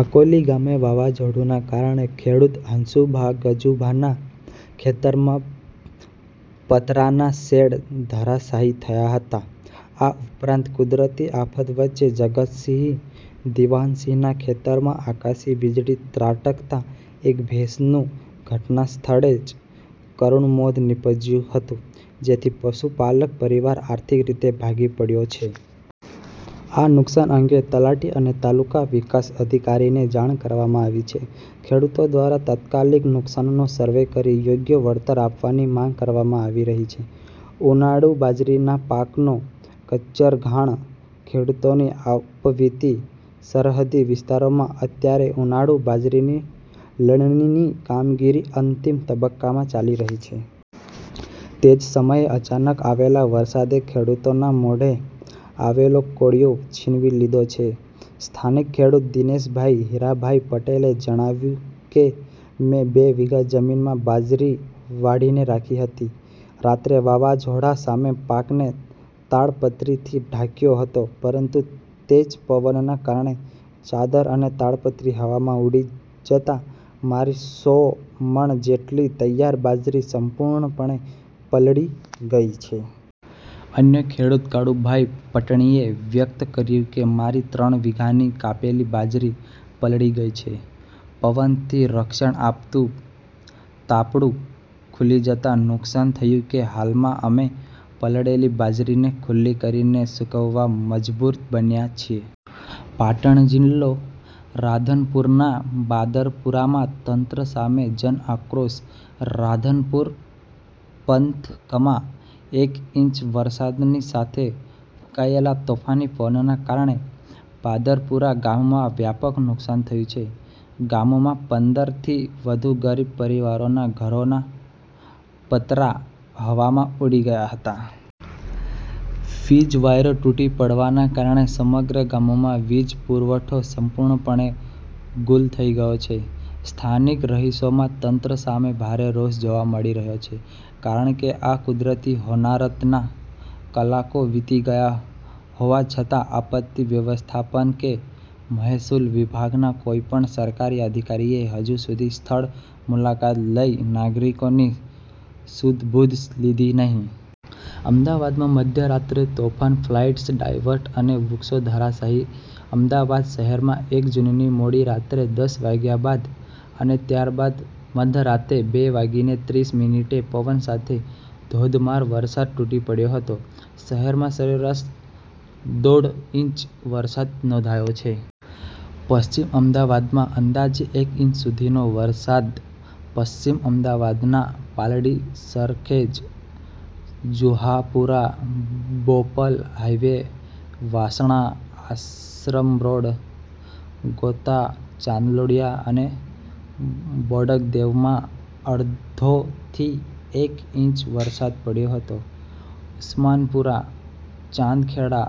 આકોલી ગામે વાવાઝોડાના કારણે ખેડૂત હંસુભા ગજુભાના ખેતરમાં પતરાના શેડ ધરાશાયી થયા હતા. આ ઉપરાંત, કુદરતી આફત વચ્ચે જગતસિંહ દિવાનસિંહના ખેતરમાં આકાશી વીજળી ત્રાટકતાં એક ભેંસનું ઘટનાસ્થળે જ કરુણ મોત નીપજ્યું હતું, જેથી પશુપાલક પરિવાર આર્થિક રીતે ભાંગી પડ્યો છે. આ નુકસાન અંગે તલાટી અને તાલુકા વિકાસ અધિકારીને જાણ કરવામાં આવી છે. ખેડૂતો દ્વારા તાત્કાલિક નુકસાનનો સર્વે કરી યોગ્ય વળતર આપવાની માંગ કરવામાં આવી રહી છે. ઉનાળુ બાજરીના પાકનો કચ્ચરઘાણ: ખેડૂતોની આપવીતી સરહદી વિસ્તારોમાં અત્યારે ઉનાળુ બાજરીની લણણી ની કામગીરી અંતિમ તબક્કામાં ચાલી રહી છે. તે જ સમયે અચાનક આવેલા વરસાદે ખેડૂતોના મોઢે આવેલો કોળિયો છીનવી લીધો છે. સ્થાનિક ખેડૂત દિનેશભાઈ હીરાભાઈ પટેલે જણાવ્યું કે, મેં બે વીઘા જમીનમાં બાજરી વાઢીને રાખી હતી. રાત્રે વાવાઝોડા સામે પાકને તાડપત્રીથી ઢાંક્યો હતો, પરંતુ તેજ પવનના કારણે ચાદર અને તાડપત્રી હવામાં ઊડી જતાં મારી સો મણ જેટલી તૈયાર બાજરી સંપૂર્ણપણે પલળી ગઈ છે. અન્ય ખેડૂત કાળુભાઈ પટણીએ વ્યક્ત કર્યું કે, મારી ત્રણ વીઘાની કાપેલી બાજરી પલળી ગઈ છે. પવનથી રક્ષણ આપતું તાપડું ખુલી જતાં નુકસાન થયું છે, હાલમાં અમે પલળેલી બાજરીને ખુલ્લી કરીને સુકવવા મજબૂર બન્યા છીએ. પાટણ જિલ્લો: રાધનપુરના બાદરપુરામાં તંત્ર સામે જનઆક્રોશ રાધનપુર પંથકમાં એક ઇંચ વરસાદની સાથે ફૂંકાયેલા તોફાની પવનના કારણે બાદરપુરા ગામમાં વ્યાપક નુકસાન થયું છે. ગામમાં પંદર થી વધુ ગરીબ પરિવારોના ઘરોના પતરાં હવામાં ઊડી ગયા હતા. વીજ વાયરો તૂટી પડવાના કારણે સમગ્ર ગામમાં વીજ પુરવઠો સંપૂર્ણપણે ગુલ થઈ ગયો છે. સ્થાનિક રહીશોમાં તંત્ર સામે ભારે રોષ જોવા મળી રહ્યો છે, કારણ કે આ કુદરતી હોનારતના કલાકો વીતી ગયા હોવા છતાં આપત્તિ વ્યવસ્થાપન કે મહેસૂલ વિભાગના કોઈ પણ સરકારી અધિકારીએ હજુ સુધી સ્થળ મુલાકાત લઈ નાગરિકોની સુધબુધ લીધી નથી. અમદાવાદમાં મધ્યરાત્રે તોફાન, ફ્લાઇટ્સ ડાયવર્ટ અને વૃક્ષો ધરાશાયી અમદાવાદ શહેરમાં એક જૂનની મોડી રાત્રે દસ વાગ્યા બાદ અને ત્યારબાદ મધરાતે બે વાગીને ત્રીસ મીનીટે પવન સાથે ધોધમાર વરસાદ તૂટી પડ્યો હતો. શહેરમાં સરેરાશ દોઢ ઇંચ વરસાદ નોંધાયો છે. પશ્ચિમ અમદાવાદમાં અંદાજે એક ઈંચ સુધીનો વરસાદપશ્ચિમ અમદાવાદના પાલડી, સરખેજ, જુહાપુરા, બોપલ, હાઇવે, વાસણા, આશ્રમરોડ, ગોતા, ચાંદલોડિયા અને બોડકદેવમાં અડધો થી એક ઇંચ વરસાદ પડ્યો હતો. ઉસ્માનપુરા, ચાંદખેડા,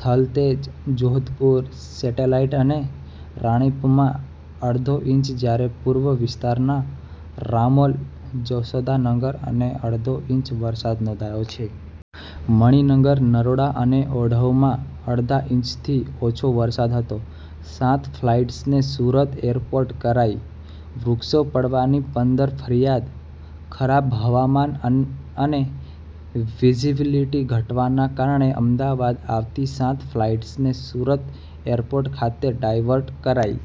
થલતેજ, જોધપુર, સેટેલાઈટ અને રાણીપમાં અડધો ઇંચ જ્યારે પૂર્વ વિસ્તારના રામોલ, જશોદાનગર અને અડધો ઇંચ વરસાદ નોંધાયો છે. મણિનગર, નરોડા અને ઓઢવમાં અડધા ઇંચથી ઓછો વરસાદ હતો. સાત ફ્લાઇટ્સને સુરત એરપોર્ટ કરાઈ, વૃક્ષો પડવાની પંદર ફરિયાદ ખરાબ હવામાન અને વિઝિબિલિટી ઘટવાના કારણે અમદાવાદ આવતી સાત ફ્લાઇટ્સને સુરત એરપોર્ટ ખાતે ડાયવર્ટ કરાઈ.